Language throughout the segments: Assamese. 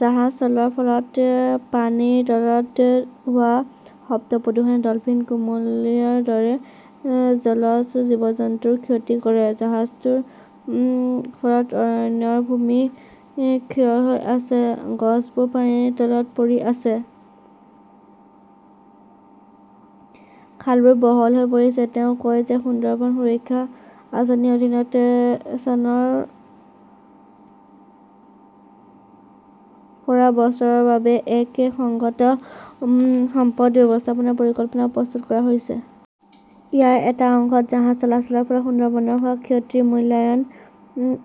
জাহাজ চলোৱাৰ ফলত পানীৰ তলত হোৱা শব্দ প্ৰদূষণে ডলফিন, কুমিলাৰ দৰে জলজ জীৱ-জন্তুৰ ক্ষতি কৰে। জাহাজৰ ঢৌৰ ফলত অৰণ্যৰ ভূমি ক্ষয় হৈ আছে। গছবোৰ পানীত পৰি আছে। খালবোৰ বহল হৈ পৰিছে। তেওঁ কয় যে সুন্দৰবন সুৰক্ষা আঁচনিৰ অধীনত চনৰ পৰা বছৰৰ বাবে এক সংহত সম্পদ ব্যৱস্থাপনা পৰিকল্পনা প্ৰস্তুত কৰা হৈছে। ইয়াৰ এটা অংশত জাহাজ চলাচলৰ ফলত সুন্দৰবনৰ হোৱা ক্ষতিৰ মূল্যায়ন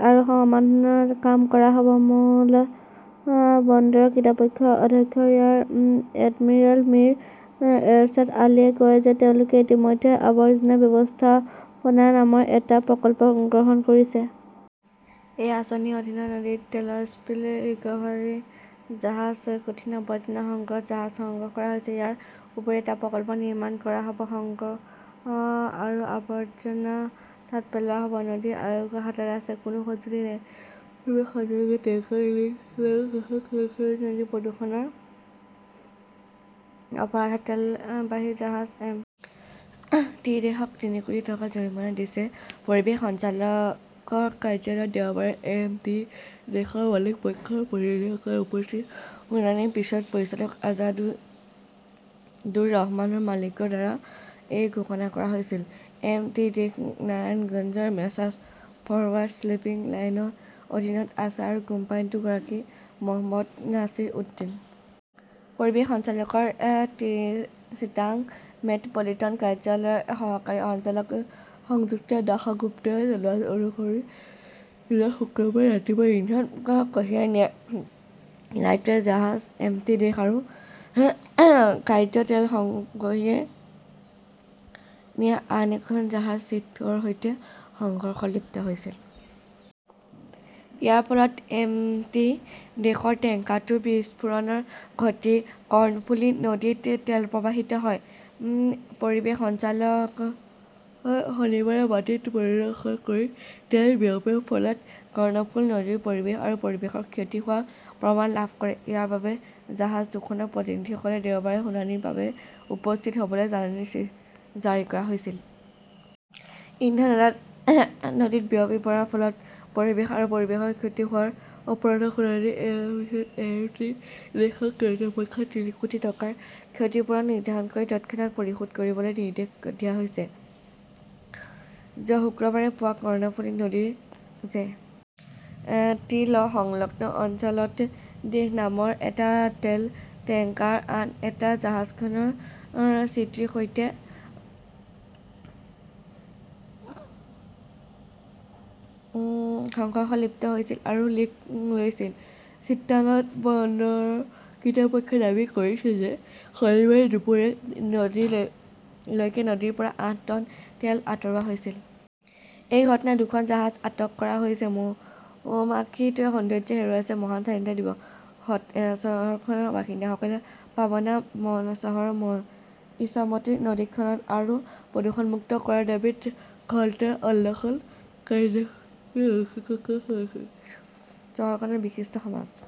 আৰু সমাধানৰ কাম কৰা হ’ব। মোংলা বন্দৰ কৰ্তৃপক্ষৰ অধ্যক্ষ ৰিয়াৰ এডমিৰেল মিৰ এৰশ্বাদ আলীয়ে কয় যে তেওঁলোকে ইতিমধ্যে আৱৰ্জনা ব্যৱস্থাপনা নামৰ এটা প্ৰকল্প গ্ৰহণ কৰিছে। এই আঁচনিৰ অধীনত নদীত তেলৰ স্পিল ৰিক্ভাৰী জাহাজ আৰু কঠিন আৱৰ্জনা সংগ্ৰহ জাহাজ সংগ্ৰহ কৰা হৈছে। ইয়াৰ উপৰিও এটা প্ৰকল্প নিৰ্মাণ কৰা হ’ব, সংগ্ৰহ কৰা আৱৰ্জনা তাত পেলোৱা হ’ব। নদী আয়োগৰ হাতত আছে, কোনো সঁজুলি নাই পৰিৱেশ সঞ্চালকালয়ই টেংকাৰ লিক হোৱাৰ পিছত কৰ্ণফুলি নদী প্ৰদূষণৰ অপৰাধত তেলবাহী জাহাজ এম. টি. দেশক তিনি কোটি টকাৰ জৰিমনা দিছে। পৰিৱেশ সঞ্চালকালয়ৰ কাৰ্যালয়ত দেওবাৰে এম. টি. দেশ ৰ মালিক পক্ষৰ প্ৰতিনিধিসকলৰ উপস্থিতিত শুনানিৰ পিছত পৰিচালক আজাদুৰ ৰহমান মল্লিকৰ দ্বাৰা এই ঘোষণা কৰা হৈছিল। এম. টি. দেশ নাৰায়ণগঞ্জৰ মেছাৰ্ছ ফৰৱাৰ্ছ শ্বিপিং লাইনৰ অধীনত আছে আৰু কোম্পানীটোৰ গৰাকী মহম্মদ নাছিৰ উদ্দীন। পৰিৱেশ সঞ্চালকালয়ৰ চিটাগং মেট্ৰ 'পলিটান কাৰ্যালয়ৰ সহকাৰী সঞ্চালক সংযুক্তা দাসগুপ্তাই জনোৱা অনুসৰি যোৱা শুক্ৰবাৰে ৰাতিপুৱা ইন্ধন কঢ়িয়াই নিয়া লাইটৱেৰ জাহাজ এমটি দেশ আৰু খাদ্য তেল কঢ়িয়াই নিয়া আন এখন জাহাজ চিটি ৰ সৈতে সংঘৰ্ষত লিপ্ত হৈছিল। ইয়াৰ ফলত এম. টি. দেশৰ টেংকাৰটোৰ বিস্ফোৰণ ঘটি কৰ্ণফুলী নদীত তেল প্ৰবাহিত হয়। পৰিৱেশ সঞ্চালকালয়ই শনিবাৰে মাটি পৰিদৰ্শন কৰি তেল বিয়পোৱাৰ ফলত কৰ্ণফুলি নদীৰ পৰিৱেশ আৰু পৰিৱেশৰ ক্ষতি হোৱাৰ প্ৰমাণ লাভ কৰে। ইয়াৰ বাবে জাহাজ দুখনৰ প্ৰতিনিধিসকলক দেওবাৰে শুনানিৰ বাবে উপস্থিত হ’বলৈ জাননী জাৰি কৰা হৈছিল। ইন্ধন তেল নদীত বিয়পি পৰাৰ ফলত পৰিৱেশ আৰু পৰিৱেশৰ ক্ষতি হোৱাৰ অপৰাধৰ শুনানিৰ পিছত এম. টি. দেশক কৰ্তৃপক্ষক তিনি কোটি টকাৰ ক্ষতিপূৰণ নিৰ্ধাৰণ কৰি তৎক্ষণাত পৰিশোধ কৰিবলৈ নিৰ্দেশ দিয়া হৈছে। যোৱা শুক্ৰবাৰে পুৱা কৰ্ণফুলি নদীৰ জে. টি. সংলগ্ন অঞ্চলত দেশ নামৰ এটা তেল টেংকাৰ আন এখন জাহাজ' চি. টি. ৰ সৈতে সংঘৰ্ষত লিপ্ত হৈছিল আৰু লিক হৈছিল। চিটাগং বন্দৰ কৰ্তৃপক্ষই দাবী কৰিছে যে শনিবাৰে দুপৰীয়া লৈকে নদীৰ পৰা আঠ টন তেল আঁতৰোৱা হৈছিল। এই ঘটনাত দুখন জাহাজ আটক কৰা হৈছে। মৌমাখিটোৱে সৌন্দৰ্য্য হেৰুৱাইছে মহান স্বাধীনতা দিৱসত, চহৰখনৰ বাসিন্দাসকলে পাবনা চহৰৰ ইছামতি নদী খনন আৰু প্ৰদূষণমুক্ত কৰাৰ দাবীত ঘণ্টাৰ অনশন কাৰ্যসূচী অনুষ্ঠিত কৰিছিল। চহৰখনৰ বিশিষ্ট সমাজ